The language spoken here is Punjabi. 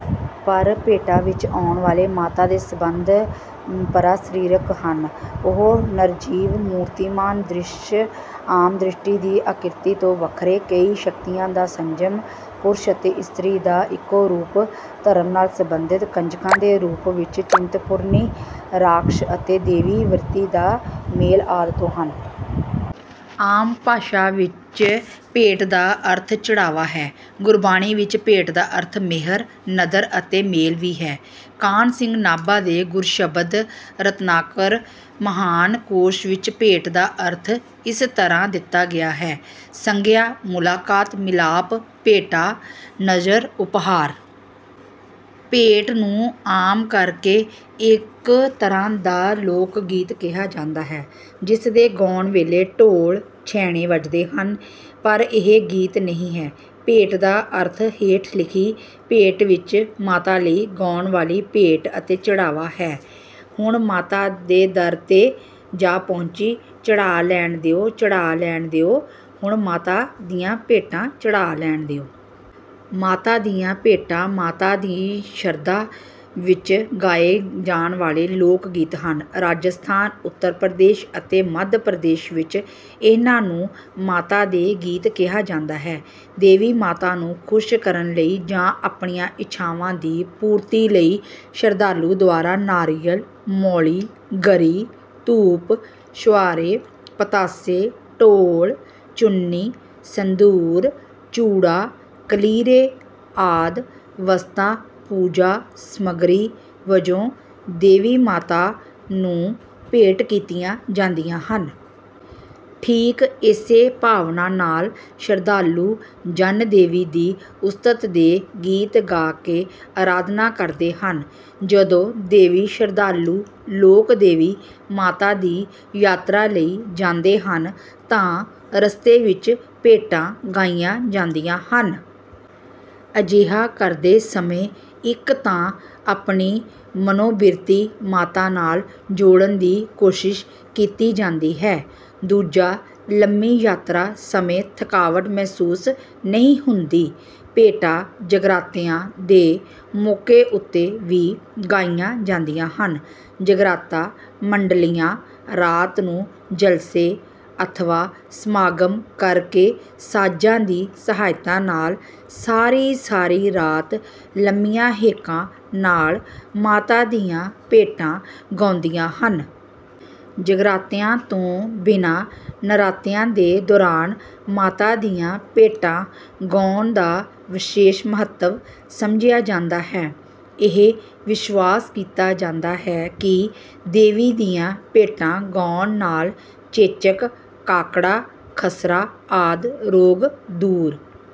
ਪਰ ਭੇਟਾਂ ਵਿੱਚ ਆਉਣ ਵਾਲੇ ਮਾਤਾ ਦੇ ਸੰਬੰਧ ਪਰਾ-ਸਰੀਰਕ ਹਨ। ਉਹ ਨਿਰਜੀਵ ਮੂਰਤੀਮਾਨ ਦ੍ਰਿਸ਼, ਆਮ ਦ੍ਰਿਸ਼ਟੀ ਦੀ ਆਕ੍ਰਿਤੀ ਤੋਂ ਵੱਖਰੇ, ਕਈ ਸ਼ਕਤੀਆਂ ਦਾ ਸੰਜਮ, ਪੁਰਸ਼ ਅਤੇ ਇਸਤਰੀ ਦਾ ਇੱਕੋ ਰੂਪ, ਧਰਮ ਨਾਲ ਅਸਬੰਧਿਤ, ਕੰਜਕਾਂ ਦੇ ਰੂਪ ਵਿੱਚ ਚਿੰਤਪੁਰਨੀ, ਰਾਖਸ਼ ਅਤੇ ਦੇਵੀ ਵਰਿਤੀ ਦਾ ਮੇਲ ਆਦਿ ਤੋਂ ਹਨ। ਆਮ ਭਾਸ਼ਾ ਵਿੱਚ ਭੇਟ ਦਾ ਅਰਥ ਚੜ੍ਹਾਵਾ ਹੈ। ਗੁਰਬਾਣੀ ਵਿੱਚ ਭੇਟ ਦਾ ਅਰਥ ਮਿਹਰ, ਨਦਰ ਅਤੇ ਮੇਲ ਵੀ ਹੈ। ਕਾਨ੍ਹ ਸਿੰਘ ਨਾਭਾ ਦੇ ਗੁਰਸ਼ਬਦ ਰਤਨਾਕਰ ਮਹਾਨ ਕੋਸ਼ ਵਿੱਚ ਭੇਟ ਦਾ ਅਰਥ ਇਸ ਤਰ੍ਹਾਂ ਦਿੱਤਾ ਗਿਆ ਹੈ: ਸੰਗਿਆ- ਮੁਲਾਕਾਤ, ਮਿਲਾਪ, ਭੇਟਾ, ਨਜ਼ਰ, ਉਪਹਾਰ। ਭੇਟ ਨੂੰ ਆਮ ਕਰ ਕੇ ਇੱਕ ਤਰ੍ਹਾਂ ਦਾ ਲੋਕ ਗੀਤ ਕਿਹਾ ਜਾਂਦਾ ਹੈ, ਜਿਸ ਦੇ ਗਾਉਣ ਵੇਲੇ ਢੋਲ, ਛੈਣੇ ਵੱਜਦੇ ਹਨ, ਪਰ ਇਹ ਗੀਤ ਨਹੀਂ ਹੈ। ਭੇਟ ਦਾ ਅਰਥ ਹੇਠ ਲਿਖੀ ਭੇਟ ਵਿੱਚ ਮਾਤਾ ਲਈ ਗਾਉਣ ਵਾਲ਼ੀ ਭੇਟ ਅਤੇ ਚੜ੍ਹਾਵਾ ਹੈ: "ਹੁਣ ਮਾਤਾ ਦੇ ਦਰ ਤੇ ਜਾ ਪਹੁੰਚੀ, ਚੜ੍ਹਾ ਲੈਣ ਦਿਓ, ਚੜ੍ਹਾ ਲੈਣ ਦਿਓ, ਹੁਣ ਮਾਤਾ ਦੀਆਂ ਭੇਟਾਂ ਚੜ੍ਹਾ ਲੈਣ ਦਿਓ"। ਮਾਤਾ ਦੀਆਂ ਭੇਟਾਂ ਮਾਤਾ ਦੀ ਸ਼ਰਧਾ ਵਿੱਚ ਗਾਏ ਜਾਣ ਵਾਲ਼ੇ ਲੋਕ ਗੀਤ ਹਨ। ਰਾਜਸਥਾਨ, ਉੱਤਰ ਪ੍ਰਦੇਸ਼ ਅਤੇ ਮੱਧ ਪ੍ਰਦੇਸ਼ ਵਿੱਚ ਇਹਨਾਂ ਨੂੰ ਮਾਤਾ ਦੇ ਗੀਤ ਕਿਹਾ ਜਾਂਦਾ ਹੈ। ਦੇਵੀ ਮਾਤਾ ਨੂੰ ਖੁਸ਼ ਕਰਨ ਲਈ ਜਾਂ ਆਪਣੀਆਂ ਇੱਛਾਵਾਂ ਦੀ ਪੂਰਤੀ ਲਈ ਸ਼ਰਧਾਲੂ ਦੁਆਰਾ ਨਾਰੀਅਲ, ਮੌਲੀ, ਗਰੀ, ਧੂਪ, ਛੁਆਰੇ, ਪਤਾਸੇ, ਢੋਲ, ਚੁੰਨੀ, ਸਿੰਧੂਰ, ਚੂੜਾ, ਕਲੀਰੇ ਆਦਿ ਵਸਤਾਂ ਪੂਜਾ ਸਮੱਗਰੀ ਵਜੋਂ ਦੇਵੀ ਮਾਤਾ ਨੂੰ ਭੇਟ ਕੀਤੀਆਂ ਜਾਂਦੀਆਂ ਹਨ। ਠੀਕ ਇਸੇ ਭਾਵਨਾ ਨਾਲ ਸ਼ਰਧਾਲੂ ਜਨ ਦੇਵੀ ਦੀ ਉਸਤ ਦੇ ਗੀਤ ਗਾ ਕੇ ਅਰਾਧਨਾ ਕਰਦੇ ਹਨ। ਜਦੋਂ ਦੇਵੀ ਸ਼ਰਧਾਲੂ ਲੋਕ ਦੇਵੀ ਮਾਤਾ ਦੀ ਯਾਤਰਾ ਲਈ ਜਾਂਦੇ ਹਨ ਤਾਂ ਰਸਤੇ ਵਿੱਚ ਭੇਟਾਂ ਗਾਈਆਂ ਜਾਂਦੀਆਂ ਹਨ। ਅਜਿਹਾ ਕਰਦੇ ਸਮੇਂ ਇੱਕ ਤਾਂ ਆਪਣੀ ਮਨੋਬਿਰਤੀ ਮਾਤਾ ਨਾਲ ਜੋੜਨ ਦੀ ਕੋਸ਼ਿਸ਼ ਕੀਤੀ ਜਾਂਦੀ ਹੈ, ਦੂਜਾ ਲੰਮੀ ਯਾਤਰਾ ਸਮੇਂ ਥਕਾਵਟ ਮਹਿਸੂਸ ਨਹੀਂ ਹੁੰਦੀ। ਭੇਟਾਂ ਜਗਰਾਤਿਆਂ ਦੇ ਮੌਕਿਆਂ ਉੱਤੇ ਵੀ ਗਾਈਆਂ ਜਾਂਦੀਆਂ ਹਨ। ਜਗਰਾਤਾ ਮੰਡਲੀਆਂ ਰਾਤ ਨੂੰ ਜਲਸੇ ਅਥਵਾ ਸਮਾਗਮ ਕਰ ਕੇ ਸਾਜ਼ਾਂ ਦੀ ਸਹਾਇਤਾ ਨਾਲ ਸਾਰੀ-ਸਾਰੀ ਰਾਤ ਲੰਮੀਆਂ ਹੇਕਾਂ ਨਾਲ ਮਾਤਾ ਦੀਆਂ ਭੇਟਾਂ ਗਾਉਂਦੀਆਂ ਹਨ। ਜਗਰਾਤਿਆਂ ਤੋਂ ਬਿਨਾਂ ਨਰਾਤਿਆਂ ਦੇ ਦੌਰਾਨ ਮਾਤਾ ਦੀਆਂ ਭੇਟਾਂ ਗਾਉਣ ਦਾ ਵਿਸ਼ੇਸ਼ ਮਹੱਤਵ ਸਮਝਿਆ ਜਾਂਦਾ ਹੈ। ਇਹ ਵਿਸ਼ਵਾਸ ਕੀਤਾ ਜਾਂਦਾ ਹੈ ਕਿ ਦੇਵੀ ਦੀਆਂ ਭੇਟਾਂ ਗਾਉਣ ਨਾਲ ਚੇਚਕ, ਕਾਕੜਾ, ਖਸਰਾ ਆਦਿ ਰੋਗ ਦੂਰ